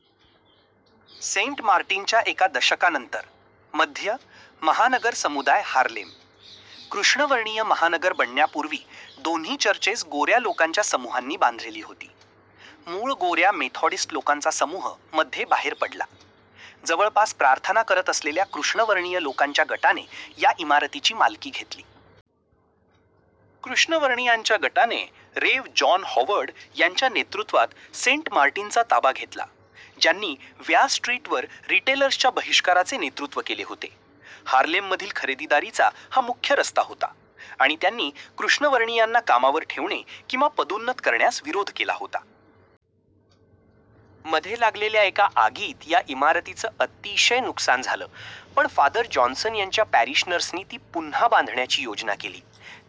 " Saint Martin च्या एका दशकानंतर मध्ये महानगर समुदाय हार्लेम कृष्णवर्णीय महानगर बनण्यापूर्वी दोन्ही चर्चेस गोऱ्या लोकांच्या समूहांनी बांधलेली होती. मूळ गोऱ्या मेथॉडिस्ट लोकांचा समूह मध्ये बाहेर पडला. जवळपास प्रार्थना करत असलेल्या कृष्णवर्णीय लोकांच्या गटाने या इमारतीची मालकी घेतली. कृष्णवर्णीयांच्या गटाने रेव. जॉन हॉवर्ड यांच्या नेतृत्वात सेंट मार्टिनचा ताबा घेतला, ज्यांनी व्या स्ट्रीटवर रिटेलर्सच्या बहिष्काराचे नेतृत्व केले होते, हार्लेममधील खरेदीदारीचा हा मुख्य रस्ता होता, आणि त्यांनी कृष्णवर्णीयांना कामावर ठेवणे किंवा पदोन्नत करण्यास विरोध केला होता. मध्ये लागलेल्या एका आगीत या इमारतीचं अतिशय नुकसान झालं, पण फादर जॉन्सन यांच्या पॅरिशनर्सनी ती पुन्हा बांधण्याची योजना केली,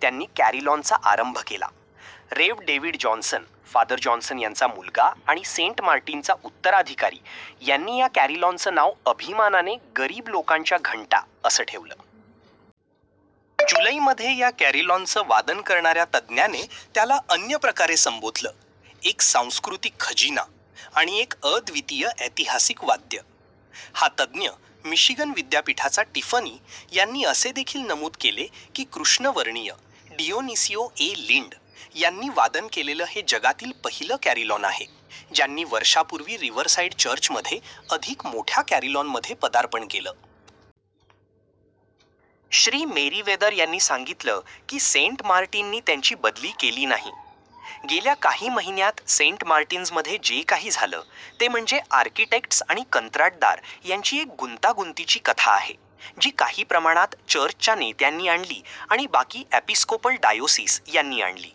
त्यांनी कॅरिलॉनचा आरंभ केला. Rev. David Johnson, father Johnson यांचा मुलगा आणि सेंट मार्टिनचा उत्तराधिकारी, यांनी या कॅरिलॉनचं नाव अभिमानाने "गरीब लोकांच्या घंटा" असं ठेवलं. जुलैमध्ये या कॅरिलॉनचं वादन करणाऱ्या तज्ञाने त्याला अन्यप्रकारे संबोधलं: "एक सांस्कृतिक खजिना" आणि "एक अद्वीतिय ऐतिहासिक वाद्य. " हा तज्ञ, मिशिगन विद्यापीठाचा टिफनी, यांनी असे देखील नमूद केले की कृष्णवर्णीय, डियोनिसियो ए. लिंड, यांनी वादन केलेलं हे जगातील पहिलं कॅरिलॉन आहे, ज्यांनी वर्षापूर्वी रिवरसाईड चर्चमध्ये अधिक मोठ्या कॅरिलॉनमध्ये पदार्पण केलं. श्री. मेरीवेदर यांनी सांगितलं की सेंट मार्टिननी त्यांची बदली केली नाही. गेल्या काही महिन्यांत सेंट मार्टिन्समध्ये जे काही झालं ते म्हणजे आर्किटेक्ट्स आणि कंत्राटदार यांची एक गुंतागुंतीची कथा आहे, जी काही प्रमाणात चर्चच्या नेत्यांनी आणली, आणि बाकी एपिस्कोपल डायोसिस यांनी आणली.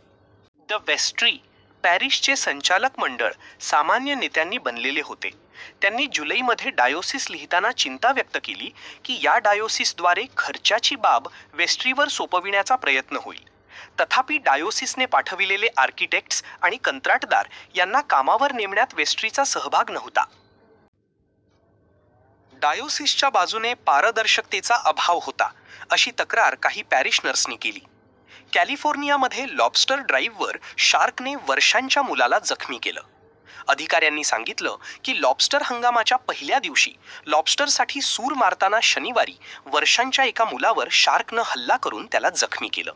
द वेस्ट्री – पॅरीशचे संचालक मंडळ, सामान्य नेत्यांनी बनलेले होते – त्यांनी जुलैमध्ये डायोसिस लिहिताना चिंता व्यक्त केली की या डायोसिसद्वारे "खर्चाची बाब" वेस्ट्रीवर सोपविण्याचा प्रयत्न होईल, तथापि डायोसिसने पाठविलेले आर्किटेक्ट्स आणि कंत्राटदार यांना कामावर नेमण्यात वेस्ट्रीचा सहभाग नव्हता. डायोसिसच्या बाजूने पारदर्शकतेचा अभाव होता अशी तक्रार काही पॅरिशनर्सनी केली. कॅलिफोर्नियामध्ये लॉबस्टर ड्राईववर शार्कने वर्षांच्या मुलाला जखमी केलं. अधिकाऱ्यांनी सांगितलं की, लॉबस्टर हंगामाच्या पहिल्या दिवशी लॉबस्टरसाठी सूर मारताना शनिवारी वर्षांच्या एका मुलावर शार्कनं हल्ला करुन त्याला जखमी केलं.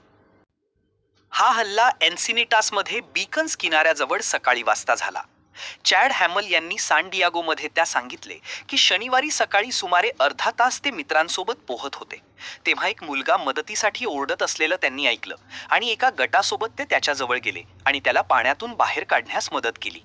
हा हल्ला एन्सिनितासमध्ये बिकन्स किनाऱ्याजवळ सकाळी वाजता झाला. चाड हॅमल यांनी सान दियागोमध्ये ला सांगितले की शनिवारी सकाळी सुमारे अर्धा तास ते मित्रांसोबत पोहत होते तेव्हा एक मुलगा मदतीसाठी ओरडत असलेलं त्यांनी ऐकलं आणि एका गटासोबत ते त्याच्याजवळ गेले आणि त्याला पाण्यातून बाहेर काढण्यात मदत केली.